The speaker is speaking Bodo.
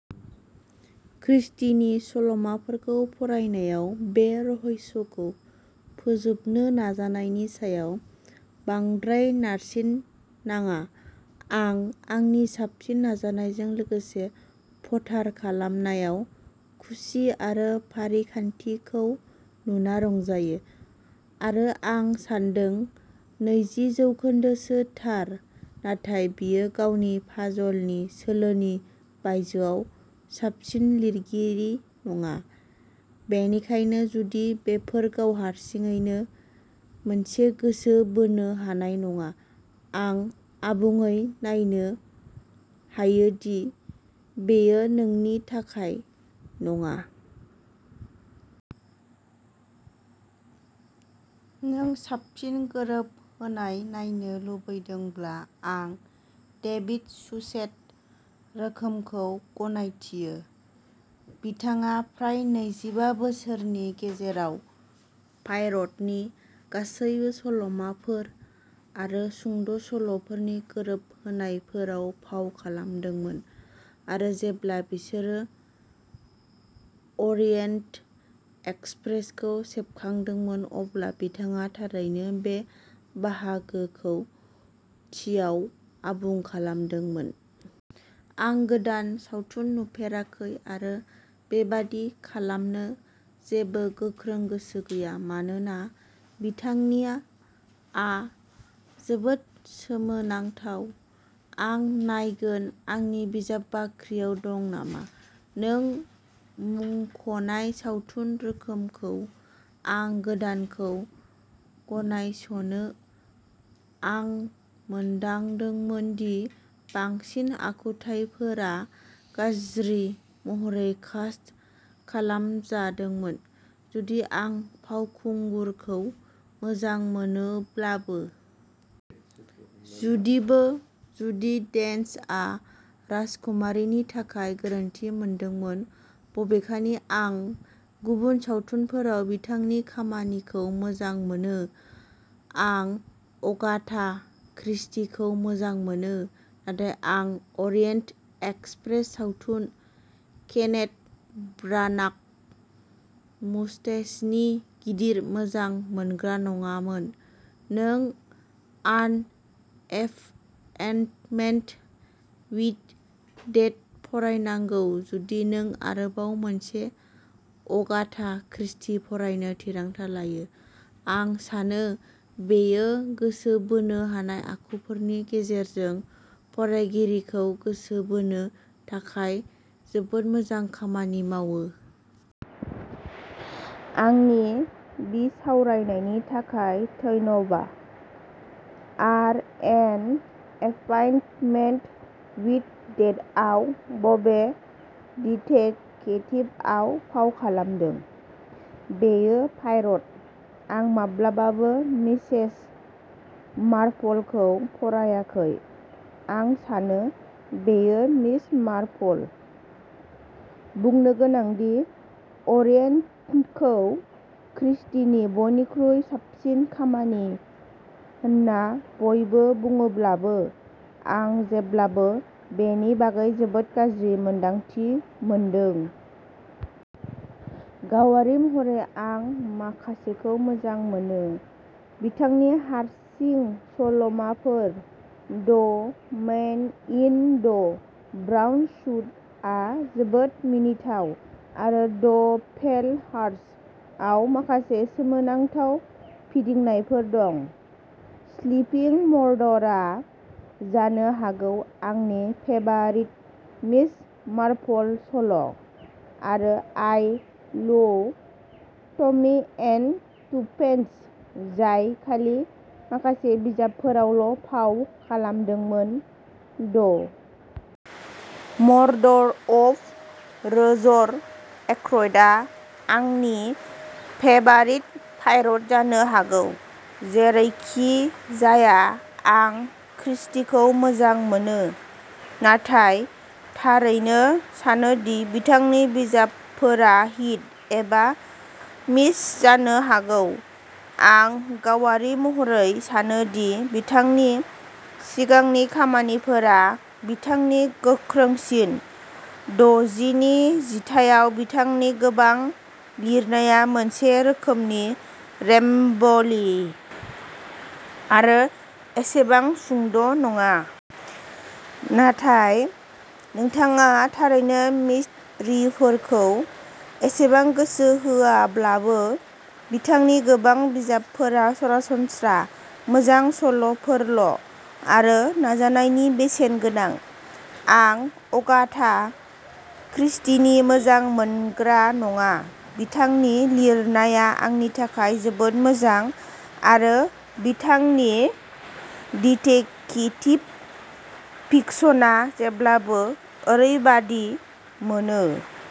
क्रिस्टीनि सल'माफोरखौ फरायनायाव बे रहस्यखौ फोजोबनो नाजानायनि सायाव बांद्राय नारसिननाङा, आं आंनि साबसिन नाजानायजों लोगोसे पटार खालामनायाव खुसि आरो फारिखान्थिखौ नुना रंजायो, आरो आं सान्दों नैजि जौखोन्दोसो थार, नाथाय बियो गावनि पाजलनि सोलोनि बायजोआव साबसिन लिरगिरि नङा, बेनिखायनो जुदि बेफोरो गाव हारसिङैनो मोनसे गोसो बोनो हानाय नङा, आं आबुङै नायनो हायो दि बेयो नोंनि थाखाय नङा! नों साबसिन गोरोबहोनाय नायनो लुबैदोंब्ला, आं डेभिड सुचेत रोखोमखौ गनायथियो। बिथाङा फ्राय नैजिबा बोसोरनि गेजेराव पायर'टनि गासैबो सल'माफोर आरो सुंद'सल'फोरनि गोरोबहोनायफोराव फाव खालामदोंमोन, आरो जेब्ला बिसोरो अरियेन्ट एक्सप्रेसखौ सेबखांदोंमोन, अब्ला बिथाङा थारैनो बे बाहागोखौ टिआव आबुं खालामदोंमोन। आं गोदान सावथुन नुफेराखै आरो बेबादि खालामनो जेबो गोख्रों गोसो गैया, मानोना बिथांनिआ जोबोद सोमोनांथाव। आं नायगोन आंनि बिजाब बाख्रियाव दं नामा। नों मुंख'नाय सावथुन रोखोमखौ। आं गोदानखौ गनायस'नो। आं मोनदांदोंमोन दि बांसिन आखुथाइफोरा गाज्रि महरै कास्ट खालामजादोंमोन, जुदि आं फावखुंगुरखौ मोजां मोनोब्लाबो। जुदिबो जुडी डेन्चआ राजकुमारीनि थाखाय गोरोन्थि मोनदोंमोन, बबेखानि आं गुबुन सावथुनफोराव बिथांनि खामानिखौ मोजां मोनो। आं अगाथा क्रिस्टीखौ मोजां मोनो, नाथाय आं अरियेन्ट एक्सप्रेस सावथुन, केनेथ ब्रानाग, मुस्टेसनि गिदिर मोजां मोनग्रा नङामोन। नों आन एपइन्टमेन्ट विद डेथ फरायनांगौ जुदि नों आरोबाव मोनसे अगाथा क्रिस्टी फरायनो थिरांथा लायो, आं सानो बेयो गोसो बोनो हानाय आखुफोरनि गेजेरजों फरायगिरिखौ गोसो बोनो थाखाय जोबोद मोजां खामानि मावो। आंनि बिसावरायनायनि थाखाय धन्यबा, आर एन एपइन्टमेन्ट विद डेथआव बबे डिटेक्टिभआ फाव खालामदों? बेयो पायर'ट! आं माब्लाबाबो मिसेस मार्पलखौ फरायाखै! आं सानो बेयो मिस मार्पल। बुंनो गोनां दि अरियेन्टखौ क्रिस्टीनि बयनिख्रुइ साबसिन खामानि होन्ना बयबो बुङोब्लाबो, आं जेब्लाबो बेनि बागै जोबोद गाज्रि मोन्दांथि मोनदों। गावारि महरै, आं माखासेखौ मोजां मोनो। बिथांनि हारसिं सल'माफोर 'द मैन इन द ब्राउन सूट'आ जोबोद मिनिथाव, आरो 'द पेल हार्स' आव माखासे सोमोनांथाव फिदिंनायफोर दं।'स्लीपिंग मर्डर'आ जानो हागौ आंनि फेबारिट मिस मार्पल सल', आरो I love Tommy and Tuppence, जाय खालि माखासे बिजाबफोरावल' फाव खालामदोंमोन।'द मर्डर ऑफ रोजर एक्रयड'आ आंनि फेबारिट पायरट जानो हागौ। जेरैखिजाया, आं क्रिस्टीखौ मोजां मोनो, नाथाय थारैनो सानो दि बिथांनि बिजाबफोरा हिट एबा मिस जानो हागौ। आं गावारि महरै सानो दि बिथांनि सिगांनि खामानिफोरा बिथांनि गोख्रोंसिन-द'जि नि जिथायाव बिथांनि गोबां लिरनाया मोनसे रोखोमनि रेम्बली आरो एसेबां सुंद' नङा। नाथाय नोंथाङा थारैनो मिस्टरीफोरखौ एसेबां गोसो होआब्लाबो, बिथांनि गोबां बिजाबफोरा सरासनस्रा मोजां सल'फोरल', आरो नाजानायनि बेसेन गोनां। आं अगाथा क्रिस्टीनि मोजां मोनग्रा नङा, बिथांनि लिरनाया आंनि थाखाय जोबोद मोजां, आरो बिथांनि डिटेक्टिभ फिक्शनआ जेब्लाबो ओरैबादि मोनो।